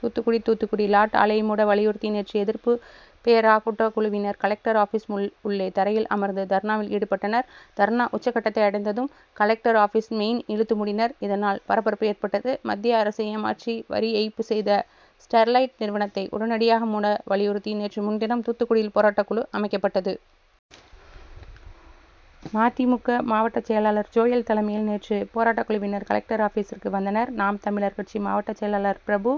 தூத்துக்குடி தூத்துக்குடி லட் ஆலையை மூட வலியுறுத்தி நேற்று எதிர்ப்பு பேரா ட்டக்குழுவினர் கலெக்டர் ஆபிஸ் உள்ளே தரையில் அமர்ந்து தர்ணாவில் ஈடுபட்டனர். தர்ணா உச்சகட்டத்தை அடைந்ததும் கலெ க்டர் ஆபிஸ் மெயின் இழுத்து மூடினர். இதனால் பரபரப்பு ஏற்பட்டது. மத்திய அரசை ஏமாற்றி வரிஏய்ப்பு செய்த ஸ்டெ ர்லைட் நிறுவனத்தை உடனடியாக மூட வலியுறுத்தி நேற்று முன்தினம் தூத்துக்குடியில் போராட்டக்குழு அமைக்கப்பட்டது. மதிமுக மாவட்ட செயலாளர் ஜோயல் தலைமையில் நேற்று போராட்டக்குழுவினர் கலெக்டர் ஆபிசிற் கு வந்தனர். நாம் தமிழர் கட்சி மாவட்ட செயலாளர் பிரபு,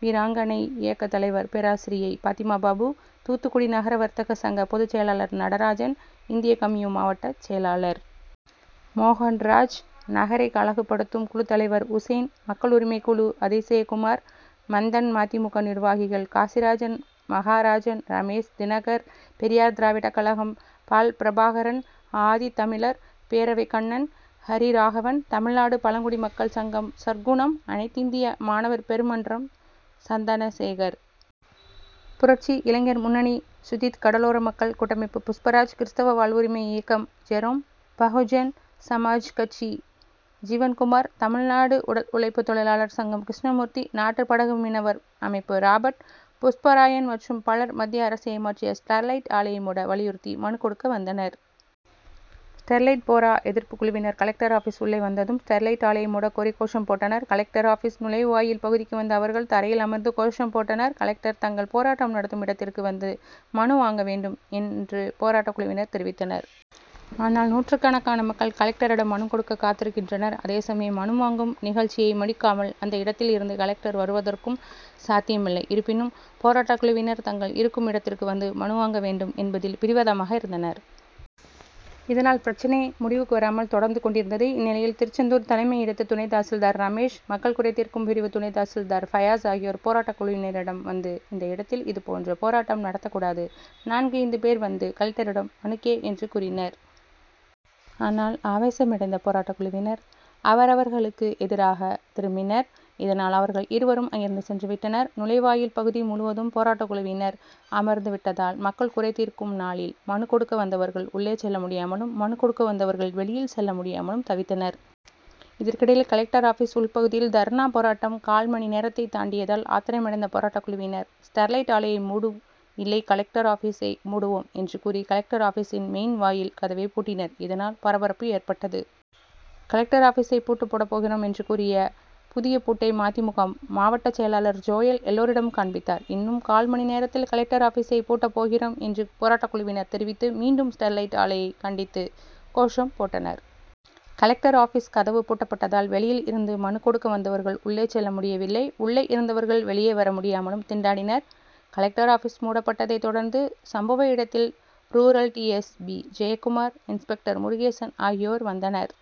வீராங்கனை இயக்கத் தலைவர் பேராசிரியை பாத்திமாபாபு, தூத்துக்குடி நகர வர்த்தக சங்க பொதுச் செயலாளர் நடராஜன், இந்திய கம்யு., மாவட்ட செயலாளர் மோகன்ராஜ், நகரை அழகுபடுத்தும் குழு தலைவர் உசேன், மக்கள் உரிமைக்கு ழு அதிசயகுமார், மந்தன், மதிமுக நிர்வாகிகள் காசிராஜன், மகராஜன், ரமேஷ், தினகர், பெரியார் திராவிட கழகம் பால்பிரபாகரன், ஆதித்தமிழர் பேரவை கண்ணன், ஹரிராகவன், தமிழ்நாடு பழங்குடி மக்கள் சங்கம் சற்குணம், அனைத்திந்திய மாணவர் பெருமன்றம் சந்தனசேகர், புரட்சி இளைஞர் முன்ன ணி சுஜித், கடலோர மக்கள் கூட்டமைப்பு புஷ்பராஜ், கிறிஸ்தவ வாழ்வுரிமை இய க்கம் ஜெரோம், பகுஜன் சமாஜ் கட்சி ஜீவன்குமார், தமிழ்நாடு உடல் உழைப்பு தொழிலாளர் சங்கம் கிருஷ்ணமூர்த்தி, நாட்டு படகு மீனவர் அமைப்பு ராபர்ட், புஷ்பராயன் மற்றும் பலர் மத்திய அரசை ஏமாற்றிய ஸ் டெர்லைட் ஆலையை மூ ட வலியுறுத்தி மனுக் கொ டுக்க வந்தனர். ஸ்டெர்லைட் போர எதிர்ப்பு குழுவினர் கலெக்டர் ஆபிஸ் உள்ளே வந்ததும் ஸ்டெர்லைட் ஆலையை மூடக்கோரி கோஷம்போட்டனர். கலெ க்டர் ஆபிஸ் நுழைவு வா யில் பகுதிக்கு வந்த அவர்கள் தரையில் அமர்ந்து கோ ஷம் போட்டனர். கலெக்டர் தாங்கள் போராட்டம் நடத்தும் இடத்திற்கு வந்து மனு வாங்க வேண்டும் என் று போராட்ட குழுவினர் தெரிவித்தனர். ஆனால் நூற்றுக்கணக்கான மக்கள் கலெ க்டரிடம் மனுக் கொடுக்க காத்திருக்கின்றனர். அதே சமயம் மனு வாங்கும் நிகழ்ச்சியை முடிக்காமல் அந்த இடத்தில் இருந்து கலெக்டர் வருவதற்கும் சாத்தியமி ல்லை. இருப்பினும் போராட்டக்குழுவினர் தாங்கள் இருக்கும் இடத்திற்கு வந்து மனுவாங்க வேண்டும் என்பதில் பிடிவாதமாக இருந்தனர். இதனால் பிரச்னை மு டிவுக்கு வராமல் தொடர்ந்து கொண்டிருந்தது. இந் நிலையில் திருச்செந்தூர் தலைமை இடத்து துணை தாசில்தார் ரமேஷ், மக்கள் குறைதீர்க்கும் பிரிவு துணை தாசில்தார் பயஸ் ஆகியோர் போராட்டக்குழவினரிடம் வந்து இந்த இட த்தில் இதுபோன்று போ ராட்டம் நடத்த கூடாது. நான்கைந்து பேர் வந்து கலெக்டரிடம் மனுக் கெ என்று கூறினர். ஆனால் ஆவேசமடைந்த போராட்டக்குழுவினர் அவர்களுக்கு எதிராக திரும்பினர். இதனால் அவர்கள் இருவரும் அங்கிருந்து சென்று விட்டனர். நுழைவு வாயில் பகுதி முழுவதும் போராட்டக்குழுவினர் அமர்ந்து விட்டதால் மக்கள் குறைதீர்க்குள் நாளில் மனுக் கொடுக்க வந்தவர்கள் உள்ளே செல்ல முடியாமலும், மனுக் கொடுத்தவர்கள் வெளியில் செ ல்ல முடியாமலும் தவித்தனர். இதற்கிடையில் கலெக்டர் ஆபிஸ் உள் பகுதியில் தர்ணா போராட்டம் கால் மணி நேரத்தை தாண்டியதால் ஆத்திரமடைந்த போ ராட்டக்குழுவினர் ஸ்டெர்லைட் ஆலையை மூடு, இல்லை கலெக்டர் ஆபி சை மூடுவோம் என்று கூறி, கலெக்டர் ஆபிசின் மெ யின் வாயில் கதவை பூட்டினர். இதனால் பரபரப்பு ஏற்பட்டது. கலெக்டர் ஆபிசை பூட்டு போடப் போகிறோம் என்று கூறி புதிய பூட்டை மதிமுக மாவட்ட செயலாளர் ஜோயல் எல்லோரிடம் காண்பித்தார். இன்னும் கால் மணி நேரத்தில் கலெக்டர் ஆபிசை பூட்டப் போகிறோம் என்று போராட்டக்குழுவினர் தெரிவித்து மீண்டும் ஸ்டெர்லைட் ஆ லையை கண்டித்து கோஷம் போட்டனர். கலெக்டர் ஆபி ஸ் கதவு பூட்டப்பட்டதால் வெளியில் இருந்து மனுக் கொடுக்க வந்தவர்கள் உள் ளே செல்ல முடியவில்லை. உள்ளே இருந்தவர்கள் வெ ளியே வர முடியாமல் திண்டாடினர். கலெக்டர் ஆபிஸ் மூடப்பட்டதை தொடர்ந்து சம்பவ இடத்தில் rural D. S. P Jayakumar, inspector Murugesan ஆகியோர் வந்தனர்.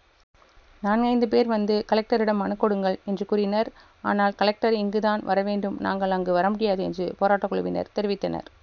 நான்கைந்து பேர் வந்து கலெக்டரிடம் மனுக் கொடுங்கள் என்று கூறினார். ஆனால் கலெக்டர் இங்கு தான் வரவேண்டும். நாங்கள் அங்கு வரமுடியாது என்று போராட்டக்குழுவினர் தெரிவித்தனர்.